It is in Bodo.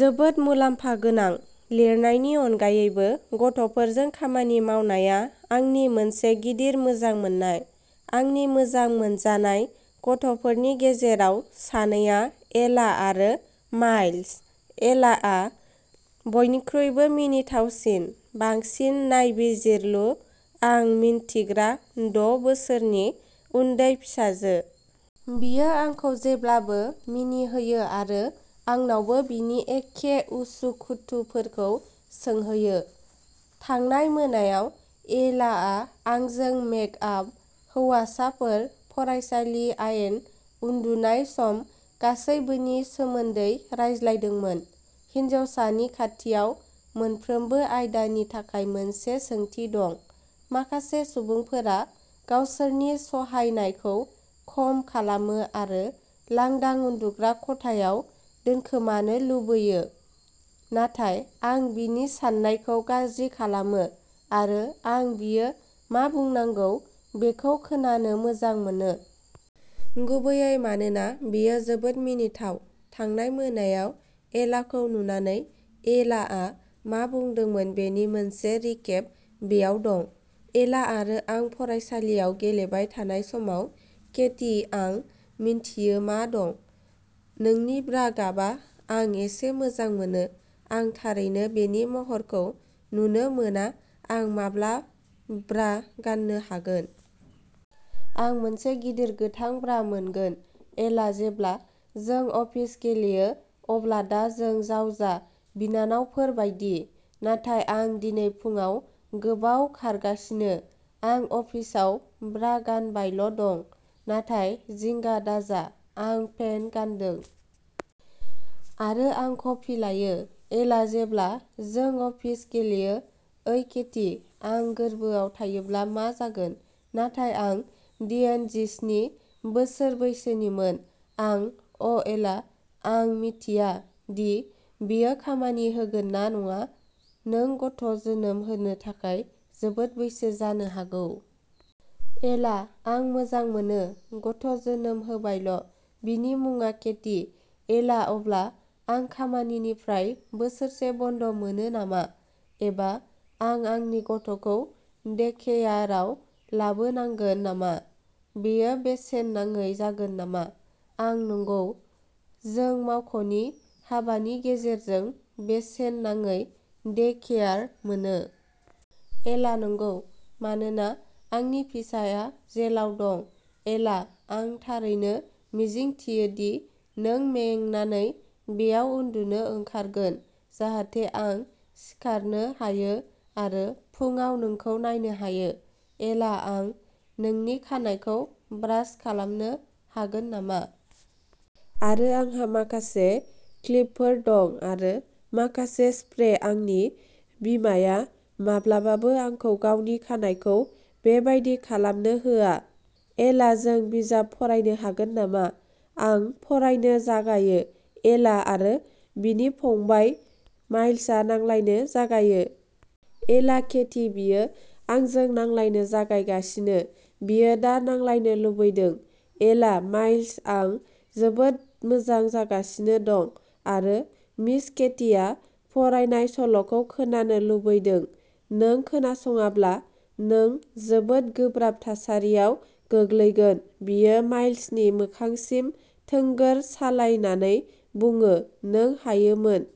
जोबोद मुलाम्फा गोनां। लिरनायनि अनगायैबो, गथ'फोरजों खामानि मावनाया आंनि मोनसे गिदिर मोजां मोन्नाय। आंनि मोजां मोनजानाय गथ'फोरनि गेजेराव सानैआ एला आरो माइल्स। एलाआ बयनिख्रुइबो मिनिथावसिन, बांसिन नायबिजिरलु आं मिन्थिग्रा द' बोसोरनि उन्दै फिसाजो। बियो आंखौ जेब्लाबो मिनिहोयो आरो आंनावबो बिनि एखे उसु खुथुफोरखौ सोंहोयो। थांनाय मोनायाव, एलाआ आंजों मेकआप, हौवासाफोर, फरायसालि, आयेन, उन्दुनाय सम, गासैबोनि सोमोन्दै रायज्लायदोंमोन। हिनजावसानि खाथियाव मोनफ्रोमबो आयदानि थाखाय मोनसे सोंथि दं। माखासे सुबुंफोरा गावसोरनि सहायनायखौ खम खालामो आरो लांदां उन्दुग्रा खथायाव दोनखोमानो लुबैयो, नाथाय आं बिनि साननायखौ गाज्रि खालामो आरो आं बियो मा बुंनांगौ बेखौ खोनानो मोजां मोनो। गुबैयै मानोना, बेयो जोबोद मिनिथाव। थांनाय मोनायाव एलाखौ नुनानै एलाआ मा बुंदोंमोन बेनि मोनसे रिकेप बेयाव दं। एला आरो आं फरायसालियाव गेलेबाय थानाय समाव केटी, आं मिन्थियो मा दं। नोंनि ब्रा गाबआ, आं एसे मोजां मोनो, आं थारैनो बेनि महरखौ नुनो मोना आं माब्ला ब्रा गान्नो हागोन? आं मोनसे गिदिर, गोथां ब्रा मोनगोन। एला, जेब्ला जों अफिस गेलेयो अब्ला दा जों जावजा बिनानावफोर बायदि, नाथाय आं दिनै फुंआव गोबाव खारगासिनो, आं अफिसाव ब्रा गानबायल' दं। नाथाय जिंगा दाजा, आं पेन्ट गानदों। आरो आं कफि लायो। एला, जेब्ला जों अफिस गेलेयो ओइ केटी, आं गोरबोआव थायोब्ला मा जागोन, नाथाय आं डियेनजिस्नि बोसोर बैसोनिमोन आं अ, एला, आं मिथिया दि बेयो खामानि होगोन ना नङा, नों गथ' जोनोम होनो थाखाय जोबोद बैसो जानो हागौ। एला आं मोजां मोनो, गथ' जोनोम होबायल'। बिनि मुङा केटी। एला अब्ला, आं खामानिनिफ्राय बोसोरसे बन्द मोनो नामा? एबा आं आंनि गथ'खौ डेकेयाराव लाबोनांगोन नामा? बेयो बेसेन नाङै जागोन नामा? आं नंगौ, जों मावख'नि हाबानि गेजेरजों बेसेन नाङै डे-केयार मोनो। एला नंगौ, मानोना आंनि फिसायआ जेलाव दं एला आं थारैनो मिजिंथियो दि नों मेंनानै बेयाव उन्दुनो ओंखारगोन जाहाथे आं सिखारनो हायो आरो फुंआव नोंखौ नायनो हायो। एला आं नोंनि खानाइखौ ब्रास खालामनो हागोन नामा? आरो आंहा माखासे क्लिपफोर दं आरो माखासे स्प्रे आंनि बिमाया माब्लाबाबो आंखौ गावनि खानाइखौ बे बायदि खालामनो होआ। एला जों बिजाब फरायनो हागोन नामा? आं फरायनो जागायो। एला आरो बिनि फंबाय, माइल्सआ नांलायनो जागायो। एला केटी, बियो आंजों नांलायनो नाजागासिनो बियो दा नांलायनो लुबैदों। एला माइल्स, आं जोबोद मोजां जागासिनो दं आरो मिस केटीया फरायनाय सल'खौ खोनानो लुबैदों, नों खोनासङाब्ला नों जोबोद गोब्राब थासारियाव गोग्लैगोन बियो माइल्सनि मोखांसिम थोंगोर सालायनानै बुङो नों हायोमोन।